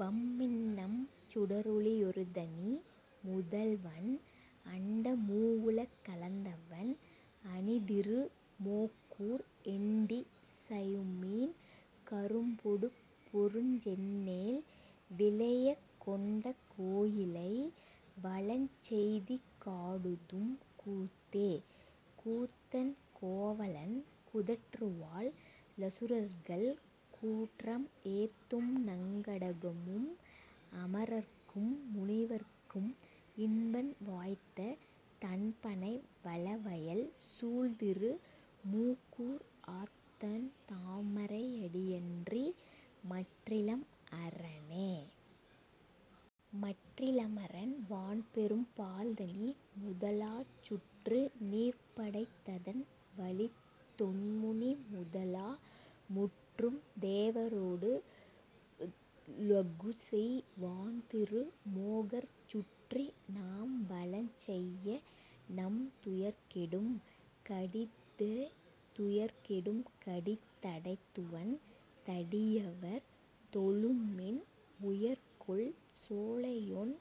வம்மின்நம் சுடரொளி யொருதனி முதல்வன்। அண்ட மூவுல களந்தவன் அணிதிரு மோகூர் எண்டி சையுமீன் கரும்பொடு பொருஞ்செந்நெல் விளைய கொண்ட கோயிலை வலஞ்செய்திங் காடுதும் கூத்தே.. கூத்தன் கோவலன் குதற்றுவல் லசுரர்கள் கூற்றம் ஏத்தும் நங்கடகும் அமரர்க்கும் முனிவர்க்கும் இன்பன் வாய்த்த தண்பணை வளவயல் சூழ்திரு மோகூர் ஆத்தன் தாமரை யடியன்றி மற்றிலம் அரணே.. மற்றி லமரண் வான்பெரும் பாழ்தனி முதலா சுற்று நீர்படைத் ததன்வழித் தொன்முனி முதலா முற்றும் தேவரோ டுலகுசெய் வான்திரு மோகூர் சுற்றி நாம்வலஞ் செய்யநம் துயர்கெடும் கடிதெ.. துயர்கெ டும்கடி தடைந்துவன் தடியவர் தொழுமின் உயர்கொள் சோலையொண்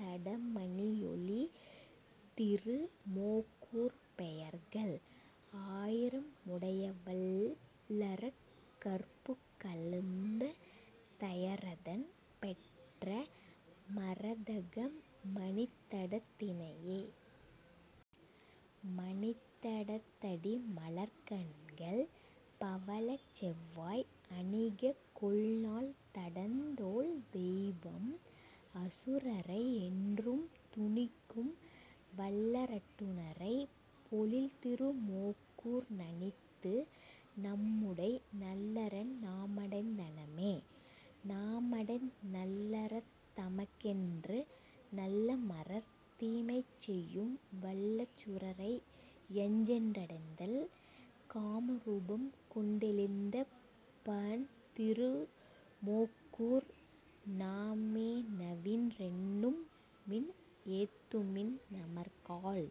தடமணி யொளிதிரு மோகூர் பெயர்கள் ஆயிர முடையவல் லரக்கர்புக் கழுந்த தயரதன் பெற்ற மரதக மணித்தடத் தினையே.. மணித்த டத்தடி மலர்க்கண்கள் பவளச் செவ்வாய் அணிககொள் நால்தடந் தோள்தெய்வம் அசுரரை யென்றும் துணிக்கும் வல்லரட் டனுறை பொழில்திரு மோகூர் நணித்து நம்முடை நல்லரண் நாமடைந் தனமே.. நாம டைந்தநல் லரண்தமக் கென்றுநல் லமரர் தீமை செய்யும்வல் லசுரரை யஞ்சிச்சென் றடைந்தால் காம ரூபம்கொண் டெழுந்தளிப் பான்திரு மோகூர் நாம மேநவின் றெண்ணுமின் ஏத்துமின் நமர்காள்..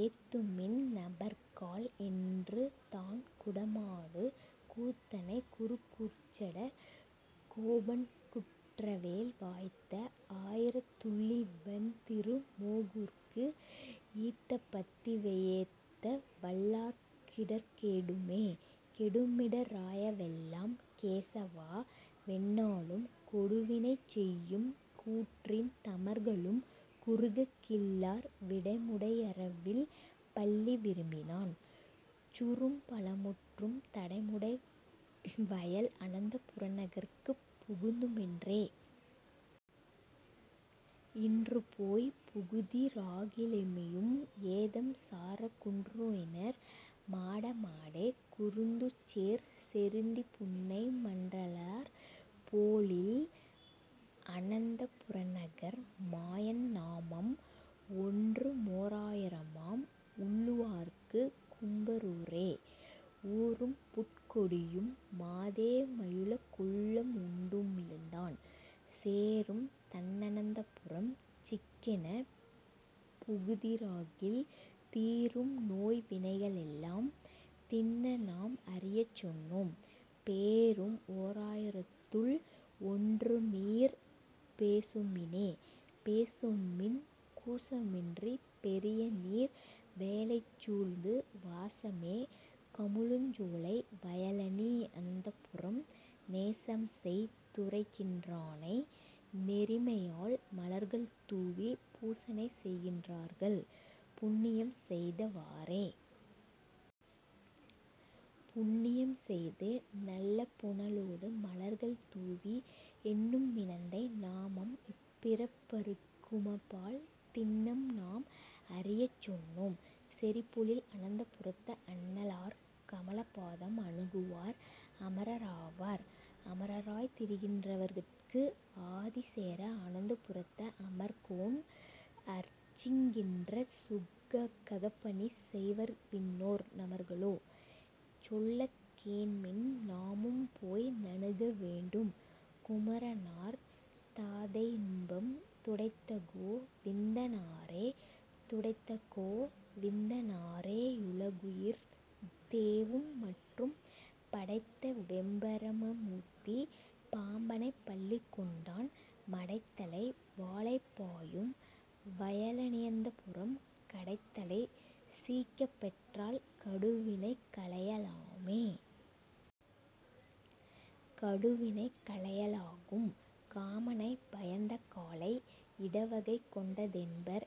ஏத்து மின்நமர் காள் என்று தான்குட மாடு கூத்தனை குரு கூர்ச்சட கோபன்குற் றேவல் வாய்த்த ஆயிரத் துள்ளிவை வண்திரு மோகூர்க்கு ஈத்த பத்திவை யேத்தவல் லார்க்கிடர் கெடுமே. கெடுமிட ராயவெல்லாம் கேசவா வென்ன நாளும் கொடுவினை செய்யும்கூற்றின் தமர்களும் குறுககில்லார் விடமுடை யரவில்பள்ளி விரும்பினான் சுரும்பலற்றும் தடமுடை வயல் அனந்தபுரநகர்ப் புகுதுமின்றே.. இன்றுபோய்ப் புகுதிராகி லெழுமையும் ஏதம்சார குன்றுனேர் மாடமாடே குருந்துசேர் செருந்திபுன்னை மன்றலர் போழில் அனந்தபுரநகர் மாயன்நாமம் ஒன்றுமோ ராயிரமாம் உள்ளுவார்க் கும்பரூரே.. ஊரும்புட் கொடியுமஃதே யுலகொல்லாமுண்டுமிழ்ந்தான் சேரும்தண் ணனந்தபுரம் சிக்கெனப் புகுதிராகில் தீரும்நோய்வினைகளெல்லாம் திண்ணநாம் அறியச்சொன்னோம் பேரும் ஓராயிரத்துள் ஒன்றுநீர் பேசுமினே.. பேசுமின் கூசமின்றிப் பெரியநீர் வேலைசூழ்ந்து வாசமே கமழுஞ்சோலை வயலணி யனந்தபுரம் நேசம்செய் துறைகின்றானை நெறிமையால் மலர்கள்தூவி பூசனை செய்கின்றார்கள் புண்ணியம் செய்தவாறே.. புண்ணியம் செய்துநல்ல புனலொடு மலர்கள்தூவி எண்ணுமி னெந்தைநாமம் இப்பிறப் பறுக்குமப்பால் திண்ணம்நாம் அறியச்சொன்னோம் செறிபொழில் அனந்தபுரத்து அண்ணலார் கமலபாதம் அணுகுவார் அமரராவார்.. அமரராய்த் திரிகின்றார்கட்கு ஆதிசேர அனந்தபுரத்து அமரர்கோன் அர்ச்சிக்கின்றங் ககப்பணி செய்வர்விண்ணோர் நமர்களோ. சொல்லக்கேண்மின் நாமும்போய் நணுகவேண்டும் குமரனார் தாதைதுன்பம் துடைத்தகோ விந்தனாரே.. துடைத்தகோ விந்தனாரே யுலகுயிர் தேவும்மற்றும் படைத்தவெம் பரமமூர்த்தி பாம்பணைப் பள்ளிகொண்டான் மடைத்தலை வாளைபாயும் வயலணியனந்தபுரம் கடைத்தலை சீய்க்கப்பெற்றால் கடுவினை களையலாமே.. கடுவினை களையலாகும் காமனைப் பயந்தகாளை இடவகை கொண்டதென்பர்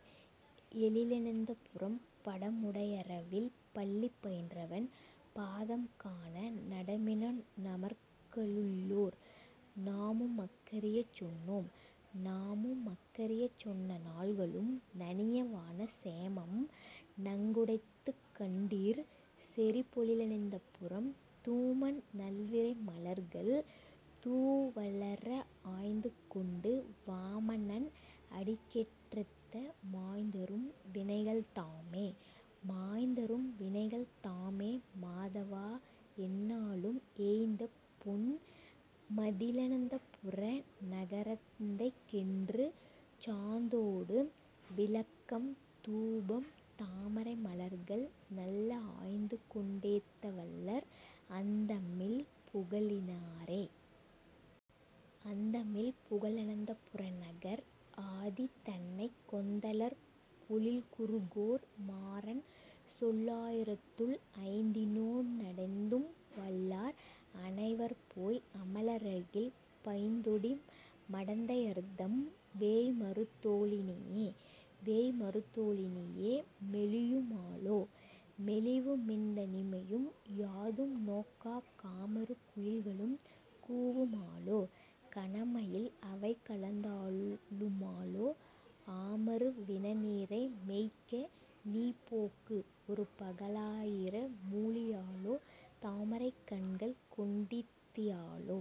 எழிலணியனந்தபுரம் படமுடை யரவில்பள்ளி பயின்றவன் பாதம்காண நடமினோ நமர்களுள்ளீர். நாமுமக் கறியச்சொன்னோம்.. நாமுமக் கறியச்சொன்ன நாள்களும் நணியவான சேமம் நங்குடைத்துக்கண்டீர் செறிபொழிலனந்தபுரம் தூமநல் விரைமலர்கள் துவளற ஆய்ந்துகொண்டு வாமனன் அடிக்கென்றெத்த மாய்ந்தறும் வினைகள்தாமே.. மாய்ந்தறும் வினைகள்தாமே மாதவா என்ன நாளும் ஏய்ந்தபொன் மதிளனந்தபுர நகரெந்தைக்கென்று சாந்தொடு விளக்கம்தூபம் தாமரை மலர்கள்நல்ல ஆய்ந்துகொண் டேத்தவல்லார் அந்தமில் புகழினாரே.. அந்தமில் புகழனந்தபுர நகர் ஆதிதன்னை கொந்தலர் பொழில்குருகூர் மாறன் சொல் லாயிரத்துள் ஐந்தினோ டைந்தும்வல்லார் அணைவர்போய் அமருலகில் பைந்தொடி மடந்தையர்தம் வேய்மரு தோளிணையே. வேய்மரு தோளிணை மெலியு மாலோ. மெலிவுமென் தனிமையும் யாதும் நோக்கா காமரு குயில்களும் கூவு மாலோ. கணமயில் அவைகலந்தாலு மாலோ ஆமரு வினநிரை மேய்க்க நீபோக்கு ஒருபக லாயிர மூழி யாலோ தாமரைக் கண்கள்கொண் டீர்தி யாலோ.